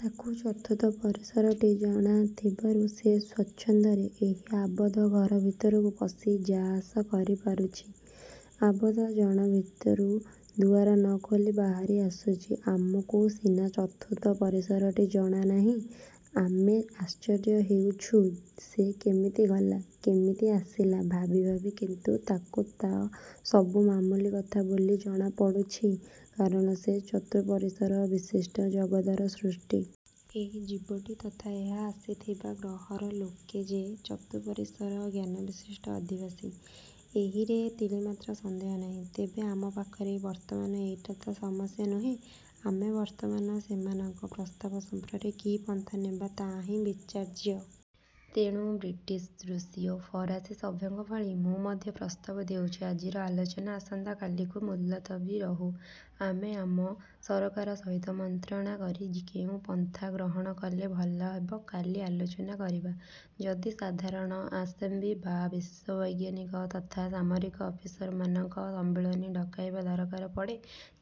ତାକୁ ଚତୁର୍ଥ ପରିସରଟି ଜଣାଥିବରୁ ସେ ସ୍ଵଚ୍ଛନ୍ଦରେ ଏହି ଆବଦ୍ଧ ଘର ଭିତରକୁ ପଶି ଯା'ଆସ କରିପାରୁଛି ଆବଦ୍ଧ ଜଣ ଭିତରୁ ଦୁଆର ନ ଖୋଲି ବାହାରି ଆସୁଛି। ଆମକୁ ସିନା ଚତୁର୍ଥ ପରିସରଟି ଜଣାନାହିଁ, ଆମେ ଆଶ୍ଚର୍ଯ୍ୟ ହେଉଛୁ, ସେ କେମିତି ଗଲା, କେମିତି ଆସିଲା ଭାବି ଭାବି କିନ୍ତୁ ତାକୁ ତ ସବୁ ମାମୁଲି କଥା ବୋଲି ଜଣା ପଡ଼ୁଛି, କାରଣ ସେ ଚତୁଃପରିସର ବିଶିଷ୍ଟ ଜଗତର ସୃଷ୍ଟି। ଏହି ଜୀବଟି ତଥା ଏହା ଆସିଥିବା ଗ୍ରହର ଲୋକେ ଯେ ଚତୁଃପରିସର ଜ୍ଞାନବିଶିଷ୍ଟ ଅଧିବାସୀ, ଏହିରେ ତିଳେମାତ୍ର ସନ୍ଦେହ ନାହିଁ। ତେବେ ଆମ ପାଖରେ ବର୍ତ୍ତମାନ ଏଇଟା ତ ସମସ୍ୟା ନୁହେଁ। ଆମେ ବର୍ତ୍ତମାନ ସେମାନଙ୍କ ପ୍ରସ୍ତାବ ସମ୍ପର୍କରେ କି ପନ୍ଥା ନେବା ତାହା ହିଁ ବିଚାର୍ଯ୍ୟ। ତେଣୁ ବ୍ରିଟିଶ, ରୁଷୀୟ, ଫରାସୀ ସଭ୍ୟଙ୍କ ଭଳି ମୁଁ ମଧ୍ୟ ପ୍ରସ୍ତାବ ଦେଉଛି ଆଜିର ଆଲୋଚନା ଆସନ୍ତା କାଲିକୁ ମୁଲତବୀ ରହୁ। ଆମେ ଆମ ସରକାର ସହିତ ମନ୍ତ୍ରଣା କରି କେଉଁ ପନ୍ଥା ଗ୍ରହଣ କଲେ ଭଲ ହେବ କାଲି ଆଲୋଚନା କରିବା। ଯଦି ସାଧାରଣ ଆସେମ୍ବ୍ଲି ବା ବିଶ୍ୱବୈଜ୍ଞାନିକ ତଥା ସାମରିକ ଅଫିସରମାନଙ୍କ ସମ୍ମିଳନୀ ଡକାଇବା ଦରକାର ପଡ଼େ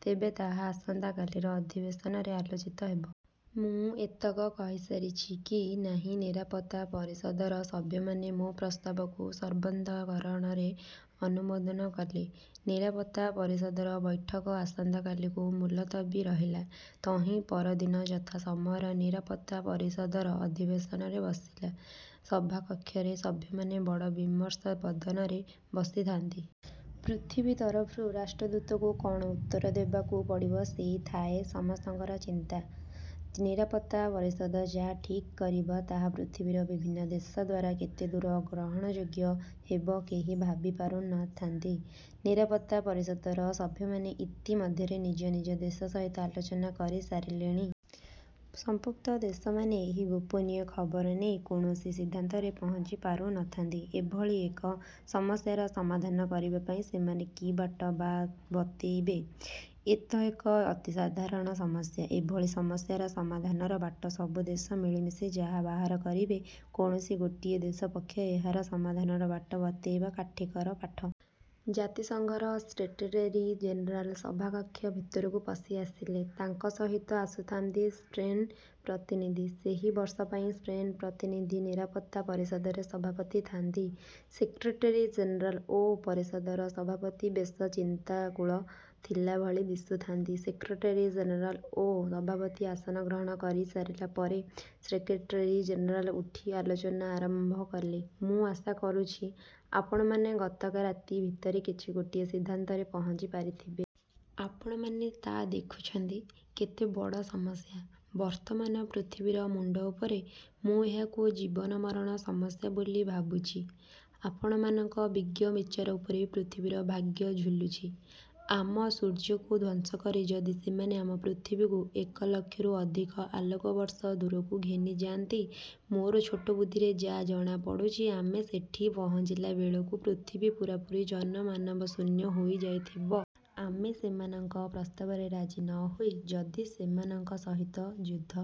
ତେବେ ତାହା ଆସନ୍ତା କାଲିର ଅଧିବେଶନରେ ଆଲୋଚିତ ହେବ। ମୁଁ ଏତକ କହିସାରିଛି କି ନାହିଁ ନିରାପତ୍ତା ପରିଷଦର ସଭ୍ୟମାନେ ମୋ ପ୍ରସ୍ତାବକୁ ସର୍ବାନ୍ତକରଣରେ ଅନୁମୋଦନ କଲେ। ନିରାପତ୍ତା ପରିଷଦର ବୈଠକ ଆସନ୍ତାକାଲିକୁ ମୁଲତବୀ ରହିଲା। ତହିଁ ପରଦିନ ଯଥା ସମୟରେ ନିରାପତ୍ତା ପରିଷଦର ଅଧିବେଶନ ବସିଲା। ସଭାକକ୍ଷରେ ସଭ୍ୟମାନେ ବଡ଼ ବିମର୍ଷ ବଦନରେ ବସିଥାନ୍ତି। ପୃଥିବୀ ତରଫରୁ ରାଷ୍ଟ୍ରଦୂତକୁ କଣ ଉତ୍ତର ଦେବାକୁ ପଡ଼ିବ ସେଇ ଥାଏ ସମସ୍ତଙ୍କର ଚିନ୍ତା। ନିରାପତ୍ତା ପରିଷଦ ଯା ଠିକ୍ କରିବ ତାହା ପୃଥିବୀର ବିଭିନ୍ନ ଦେଶ ଦ୍ୱାରା କେତେ ଦୂର ଗ୍ରହଣଯୋଗ୍ୟ ହେବ କେହି ଭାବି ପାରୁ ନ ଥାନ୍ତି। ନିରାପତ୍ତା ପରିଷଦର ସଭ୍ୟମାନେ ଇତି ମଧ୍ୟରେ ନିଜ ନିଜ ଦେଶ ସହିତ ଆଲୋଚନା କରି ସାରିଲେଣି। ସମ୍ପୃକ୍ତ ଦେଶମାନେ ଏହି ଗୋପନୀୟ ଖବର ନେଇ କୌଣସି ସିଦ୍ଧାନ୍ତରେ ପହଞ୍ଚି ପାରୁ ନଥାନ୍ତି। ଏଭଳି ଏକ ସମସ୍ୟାର ସମାଧାନ କରିବା ପାଇଁ ସେମାନେ କି ବାଟ ବା ବତେଇବେ? ଏତ ଏକ ଅତି ଅସାଧାରଣ ସମସ୍ୟା। ଏଭଳି ସମସ୍ୟାର ସମାଧାନର ବାଟ ସବୁ ଦେଶ ମିଳିମିଶି ଯାହା ବାହାର କରିବେ, କୌଣସି ଗୋଟିଏ ଦେଶ ପକ୍ଷରେ ଏହାର ସମାଧାନର ବାଟ ବତେଇବ କାଠିକର ପାଠ। ଜାତିସଂଘର ସେଟ୍ରେଟେରୀ ଜେନେରାଲ ସଭାକକ୍ଷ ଭିତରକୁ ପଶି ଆସିଲେ। ତାଙ୍କ ସହିତ ଆସୁଥାନ୍ତି ସ୍ପେନ୍ର ପ୍ରତିନିଧି। ସେହି ବର୍ଷ ପାଇଁ ସ୍ପେନ୍ର ପ୍ରତିନିଧି ନିରାପତ୍ତା ପରିଷଦରେ ସଭାପତି ଥାନ୍ତି। ସେକ୍ରେଟେରୀ ଜେନେରାଲ ଓ ପରିଷଦର ସଭାପତି ବେଶ ଚିନ୍ତାକୁଳ ଥିଲାଭଳି ଦିଶୁଥାନ୍ତି। ସେକ୍ରେଟେରୀ ଜେନେରାଲ ଓ ସଭାପତି ଆସନ ଗ୍ରହଣ କରି ସରିଲାପରେ ସେକ୍ରେଟେରୀ ଜେନେରେଲ ଉଠି ଆଲୋଚନା ଆରମ୍ଭ କଲେ ମୁଁ ଆଶା କରୁଛି, ଆପଣମାନେ ଗତ ରାତି ଭିତରେ କିଛି ଗୋଟାଏ ସିଦ୍ଧାନ୍ତରେ ପହଞ୍ଚି ପାରିଥିବେ। ଆପଣମାନେ ତା ଦେଖୁଛନ୍ତି, କେତେ ବଡ଼ ସମସ୍ୟା ବର୍ତ୍ତମାନ ପୃଥିବୀର ମୁଣ୍ଡ ଉପରେ। ମୁଁ ଏହାକୁ ଜୀବନ ମରଣ ସମସ୍ୟା ବୋଲି ଭାବୁଛି। ଆପଣମାନଙ୍କ ବିଜ୍ଞ ବିଚାର ଉପରେ ପୃଥିବୀର ଭାଗ୍ୟ ଝୁଲୁଛି। ଆମ ସୂର୍ଯ୍ୟକୁ ଧ୍ୱଂସ କରି ଯଦି ସେମାନେ ଆମ ପୃଥିବୀକୁ ଏକଲକ୍ଷରୁ ଅଧିକ ଆଲୋକବର୍ଷ ଦୂରକୁ ଘେନିଯାନ୍ତି, ମୋର ଛୋଟ ବୁଦ୍ଧିରେ ଯା' ଜଣା ପଡ଼ୁଛି ଆମେ ସେଠି ପହଞ୍ଚିଲା ବେଳକୁ ପୃଥିବୀ ପୂରାପୂରି ଜନମାନବ ଶୂନ୍ୟ ହୋଇ ଯାଇଥିବ। ଆମେ ସେମାନଙ୍କ ପ୍ରସ୍ତାବରେ ରାଜି ନ ହୋଇ ଯଦି ସେମାନଙ୍କ ସହିତ ଯୁଦ୍ଧ